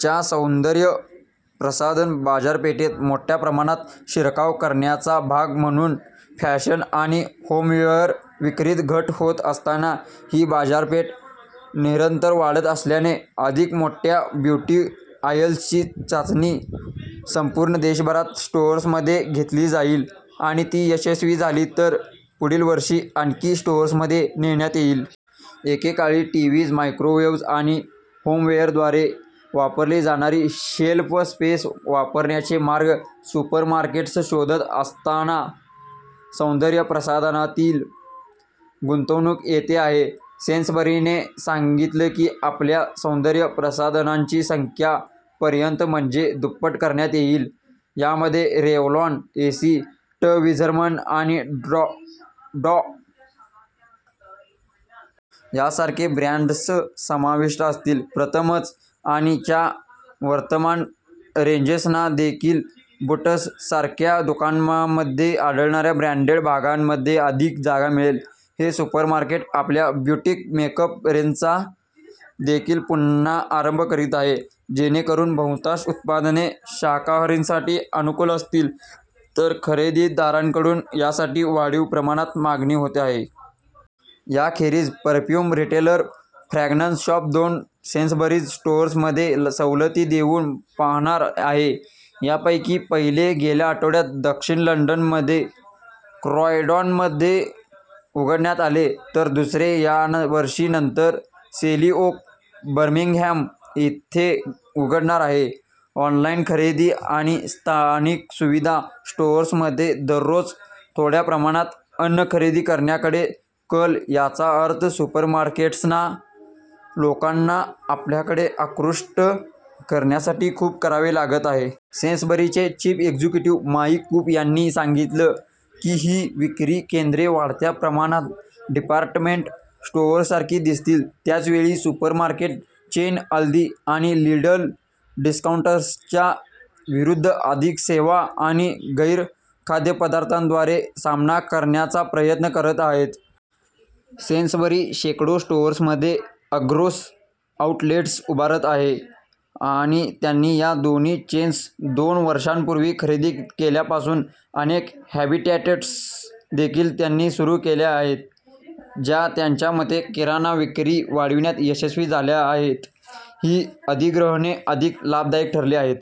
च्या. सौंदर्य प्रसाधन बाजारपेठेत मोठ्या प्रमाणात शिरकाव करण्याचा भाग म्हणून, फॅशन आणि होमवेअर विक्रीत घट होत असताना ही बाजारपेठ निरंतर वाढत असल्याने, अधिक मोठ्या ब्युटी आयल्सची चाचणी संपूर्ण देशभरात स्टोअर्समध्ये घेतली जाईल आणि ती यशस्वी झाली तर पुढील वर्षी आणखी स्टोअर्समध्ये नेण्यात येईल. एकेकाळी टीवीज, मायक्रोवेव्ज आणि होमवेअरद्वारे वापरली जाणारी शेल्फ स्पेस वापरण्याचे मार्ग सुपरमार्केट्स शोधत असताना सौंदर्य प्रसाधनातील गुंतवणूक येते आहे. सेन्सबरीने सांगितलं की आपल्या सौंदर्य प्रसाधनांची संख्या पर्यंत म्हणजे दुप्पट करण्यात येईल, यामध्ये रेवलॉन, एस्सी, ट्विझरमन आणि डॉ. यासारखे ब्रँड्स समाविष्ट असतील. प्रथमच. ', आणि ' च्या वर्तमान रेंजेसना देखील बूट्ससारख्या दुकानांमध्ये आढळणाऱ्या ब्रँडेड भागांमध्ये अधिक जागा मिळेल. हे सुपरमार्केट आपल्या ब्युटिक मेकअप रेंजचा देखील पुन्हा आरंभ करीत आहे जेणेकरुन बहुतांश उत्पादने शाकाहारींसाठी अनुकूल असतील – तरुण खरेदीदारांकडून यासाठी वाढीव प्रमाणात मागणी होते आहे. याखेरीज, परफ्युम रिटेलर फ्रॅग्रन्स शॉप दोन सेन्सबरीज स्टोअर्समध्ये सवलती देऊन पाहणार आहे, यापैकी पहिले गेल्या आठवड्यात, दक्षिण लंडनमध्ये क्रॉयडॉनमध्ये उघडण्यात आले, तर दुसरे यावर्षी नंतर, सेली ओक, बर्मिंगहॅम इथे उघडणार आहे. ऑनलाईन खरेदी आणि स्थानिक सुविधा स्टोअर्समध्ये दररोज थोड्या प्रमाणात अन्न खरेदी करण्याकडे कल याचा अर्थ सुपरमार्केट्सना लोकांना आपल्याकडे आकृष्ट करण्यासाठी खूप करावे लागत आहे. सेन्सबरीचे चिफ एक्झिक्युटीव, माईक कुप, यांनी सांगितलं की ही विक्री केंद्रे वाढत्या प्रमाणात डिपार्टमेंट स्टोअर्ससारखी दिसतील त्याचवेळी सुपरमार्केट चेन अल्दी आणि लिडल डिस्काऊंटर्सच्या विरुद्ध अधिक सेवा आणि गैर-खाद्यपदार्थांद्वारे सामना करण्याचा प्रयत्न करत आहेत. सेन्सबरी शेकडो स्टोअर्समध्ये अर्गोस आउटलेट्स उभारत आहे आणि त्यांनी या दोन्ही चेन्स दोन वर्षांपूर्वी खरेदी केल्यापासून अनेक हॅबीटॅट्स देखील त्यांनी सुरु केल्या आहेत, ज्या त्यांच्या मते किराणा विक्री वाढविण्यात यशस्वी झाल्या आहेत ही अधिग्रहणे अधिक लाभदायक ठरली आहेत.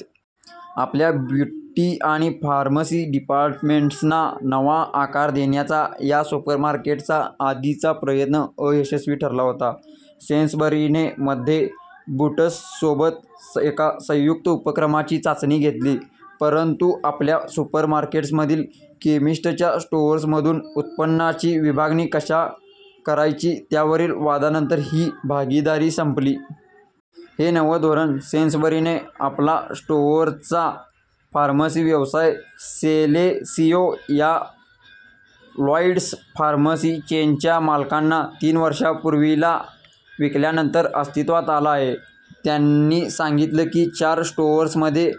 आपल्या ब्युटी आणि फार्मसी डिपार्टमेंट्सना नवा आकार देण्याचा या सुपरमार्केटचा आधीचा प्रयत्न अयशस्वी ठरला होता. सेन्सबरीने मध्ये बूट्ससोबत एका संयुक्त उपक्रमाची चाचणी घेतली, परंतु आपल्या सुपरमार्केट्समधील केमिस्टच्या स्टोअर्समधून उत्पन्नाची विभागणी कशा करायची त्यावरील वादानंतर ही भागीदारीसंपली. हे नवं धोरण सेन्सबरीने आपला -स्टोअरचा फार्मसी व्यवसाय सेलेसियो, या लॉईड्स फार्मसी चेनच्या मालकांना, तीन वर्षांपूर्वी ला विकल्यानंतर अस्तित्वात आलं आहे. त्यांनी सांगितलं की चार स्टोअर्समध्ये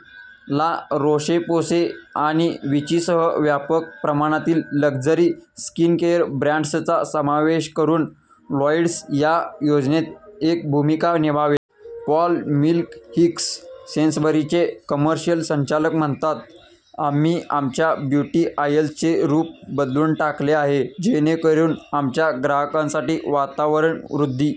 ला रोशे-पोसे आणि विचीसह व्यापक प्रमाणातील लक्झरी स्किनकेअर ब्रँड्सचा समावेश करुन लॉईड्स या योजनेत एक भूमिका निभावेल. पॉल मिल्स-हिक्स, सेन्सबरीचे, कमर्शियल संचालक, म्हणतात: "आम्ही आमच्या ब्युटी आयल्सचे रुप बदलून टाकले आहे जेणेकरुन आमच्या ग्राहकांसाठी वातावरण वृद्धी